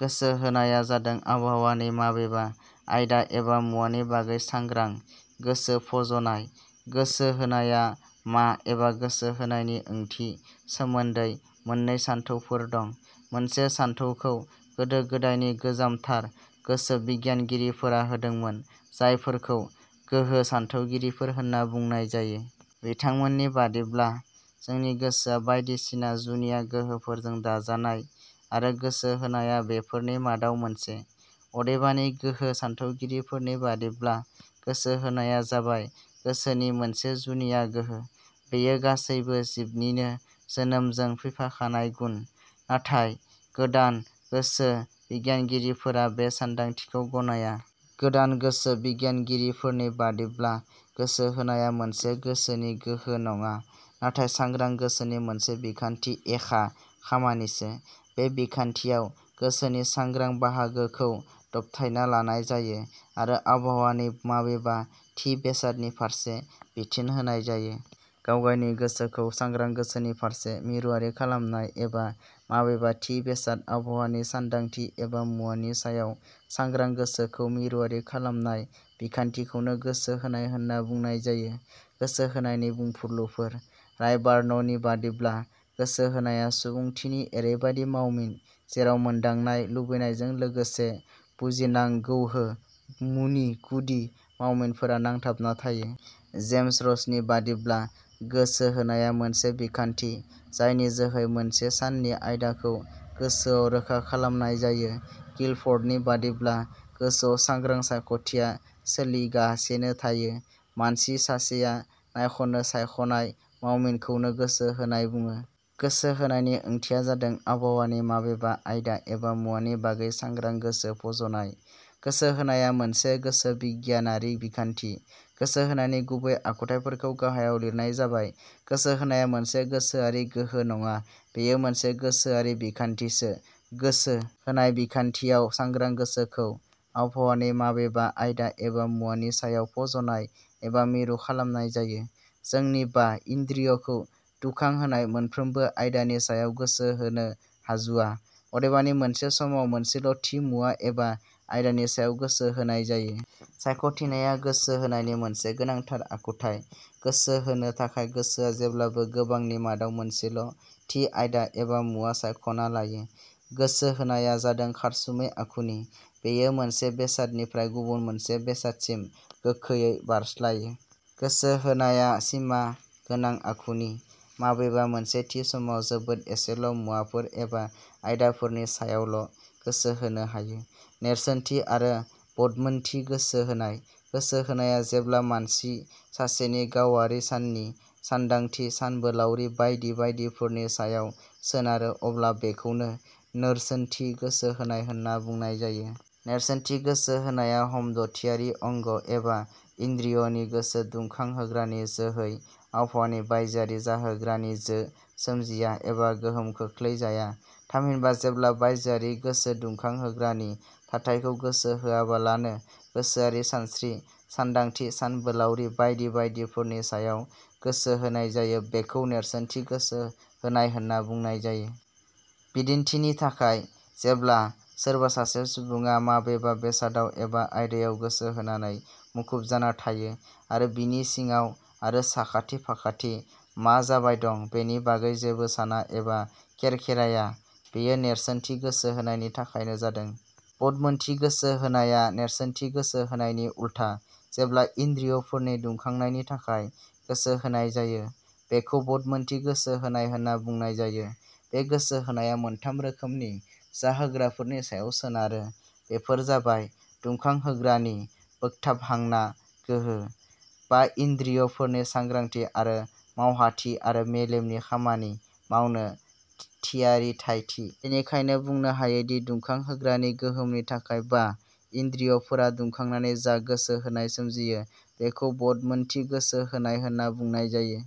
: गोसो होनाया जादों आबहावानि माबेबा आयदा एबा मुवानि बागै सांग्रां गोसो फज 'नाय। गोसो होनाया मा एबा गोसो होनायनि ओंथि सोमोन्दै मोननै सान्थौफोर दं। मोनसे सान्थौखौ गोदो-गोदायनि गोजामथार गोसोबिगियानगिरिफोरा होदोंमोन जायफोरखौ गोहो सान्थौगिरिफोर होनना बुंनाय जायो। बिथांमोननि बादिब्ला जोंनि गोसोआ बायदिसिना जुनिया गोहोफोरजों दाजानाय आरो गोसो होनाया बेफोरनि मादाव मोनसे। अदेबानि गोहो सान्थौगिरिफोरनि बादिब्ला गोसो होनाया जाबाय 'गोसोनि मोनसे जुनिया गोहो'। बेयो गासैबो जिबनिनो जोनोमजों फैफाखानाय गुन। नाथाय, गोदान गोसो बिगियानगिरि फोरा बे सान्दांथिखौ गनाया। गोदान गोसो बिगियानगिरि फोरनि बादिब्ला गोसो होनाया मोनसे गोसोनि गोहो नंङा, नाथाय सांग्रां गोसोनि मोनसे बिखान्थि एखा खामानिसो। बे बिखान्थियाव गोसोनि सांग्रां बाहागोखौ दबथायना लानाय जायो आरो आबहावानि माबेबा थि बेसादनि फारसे बिथोन होनाय जायो। गावगायनि गोसोखौ सांग्रां गोसोनि फारसे मिरुवारि खालामनाय एबा माबेबा थि बेसाद, आबहावानि सान्दांथि एबा मुवानि सायाव सांग्रां गोसोखौ मिरुवारि खालामनाय बिखान्थिखौनो गोसो होनाय होनना बुंनाय जायो। गोसो होनायनि बुंफुरलुफोरः रायबार्ण नि बादिब्ला, "गोसो होनाया सुबुंथिनि एरैबादि मावमिन जेराव मोनदांनाय, लुबैनायजों लोगोसे बुजिनांगौहो मुनि गुदि मावमिनफोरा नांथाबना थायो। " जेमस रस नि बादिब्ला, "गोसो होनाया मोनसे बिखान्थि जायनि जोहै मोनसे साननि आयदाखौ गोसोआव रोखा खालामनाय जायो। " गिलफर्ड नि बादिब्ला, "गोसोआव सांग्रा सायख'थिया सोलिगासेनो थायो। मानसि सासेया नायख 'नो सायख 'नाय मावमिनखौनो गोसो होनाय बुंङो। ": गोसो होनायनि ओंथिया जादों, आबहावानि माबेबा आयदा एबा मुवानि बागै सांग्रां गोसो फज 'नाय। गोसो होनाया मोनसे गोसो-बिगियानारि बिखान्थि। गोसो होनायनि गुबै आखुथाइफोरखौ गाहायाव लिरनाय जाबायः. गोसो होनाया मोनसे गोसोआरि गोहो नंङा, बेयो मोनसे गोसोआरि बिखान्थिसो। गोसो होनाय बिखान्थियाव सांग्रां गोसोखौ आबहावानि माबेबा आयदा एबा मुवानि सायाव फज'नाय एबा मिरु खालामनाय जायो। जोंनि बा इन्द्रिय 'खौ दुखां होनाय मोनफ्रोमबो आयदानि सायाव गोसो होनो हाजुवा। अदेबानि मोनसे समाव मोनसेल' थि मुवा एबा आयदानि सायाव गोसो होनाय जायो। सायख'थिनाया गोसो होनायनि मोनसे गोनांथार आखुथाइ। गोसो होनो थाखाय गोसोआ जेब्लाबो गोबांनि मादाव मोनसेल' थि आयदा एबा मुवा सायख'ना लायो। गोसो होनाया जादों खारसुमै आखुनि। बेयो मोनसे बेसादनिफ्राय गुबुन मोनसे बेसादसिम गोखैयै बारस्लायो। गोसो होनाया सिमा गोनां आखुनि। माबेबा मोनसे थि समाव जोबोद एसेल' मुवाफोर एबा आयदाफोरनि सायावल' गोसो होनो हायो।: नेरसोनथि आरो बदमोनथि गोसो होनाय :-गोसो होनाया जेब्ला मानसि सासेनि गावारि साननि, सानदांथि, सानबोलाउरि बायदि बायदिफोरनि सायाव सोनारो अब्ला बेखौनो नोरसोनथि गोसो होनाय होनना बुंनाय जायो। नेरसोनथि गोसो होनाया हमदथियारि अंग एबा इन्द्रिय 'नि गोसो दुखांहोग्रानि जो है आबहावानि बायजोआरि जाहोग्रानि जो सोमजिया एबा गोहोमखोलै जाया। थामहिनबा जेब्ला बायजोआरि गोसो दुखांहोग्रानि थाथाइखौ गोसो होआबालानो, गोसोआरि सानस्रि, सानदांथि, सानबोलाउरि बायदि बायदिफोरनि सायाव गोसो होनाय जायो बेखौ नेरसोनथि गोसो होनाय होनना बुंनाय जायो। बिदिन्थिनि थाखाय, जेब्ला सोरबा सासे सुबुंङा माबेबा बेसादाव एबा आयदायाव गोसोहोनानै मुखुब जाना थायो आरो बिनि सिंआव आरो साखाथि- फाखाथि मा जाबाय दं, बेनि बागै जेबो साना एबा खेरखेराया, बेयो नेरसोनथि गोसो होनायनि थाखायनो जादों। बदमोनथि गोसो होनाया नेरसोनथि गोसो होनायनि उल्था। जेब्ला इन्द्रिय 'फोरनि दुखांनायनि थाखाय गोसो होनाय जायो, बेखौ बदमोनथि गोसो होनाय होनना बुंनाय जायो। बे गोसो होनाया मोनथाम रोखोमनि जाहोग्राफोरनि सायाव सोनारो। बेफोर जाबाय दुखांहोग्रानि बोगथाबहानां गोहो, बा इन्द्रिय 'फोरनि सांग्रांथि आरो मावहाथि आरो मेलेमनि खामानि मावनो थियारिथाइथि। बेनिखायनो बुंनो हायोदि दुखांहोग्रानि गोहोमनि थाखाय बा इन्द्रिय 'फोरा दुखांनानै जा गोसो होनाय सोमजियो बेखौ बदमोनथि गोसो होनाय होनना बुंनाय जायो।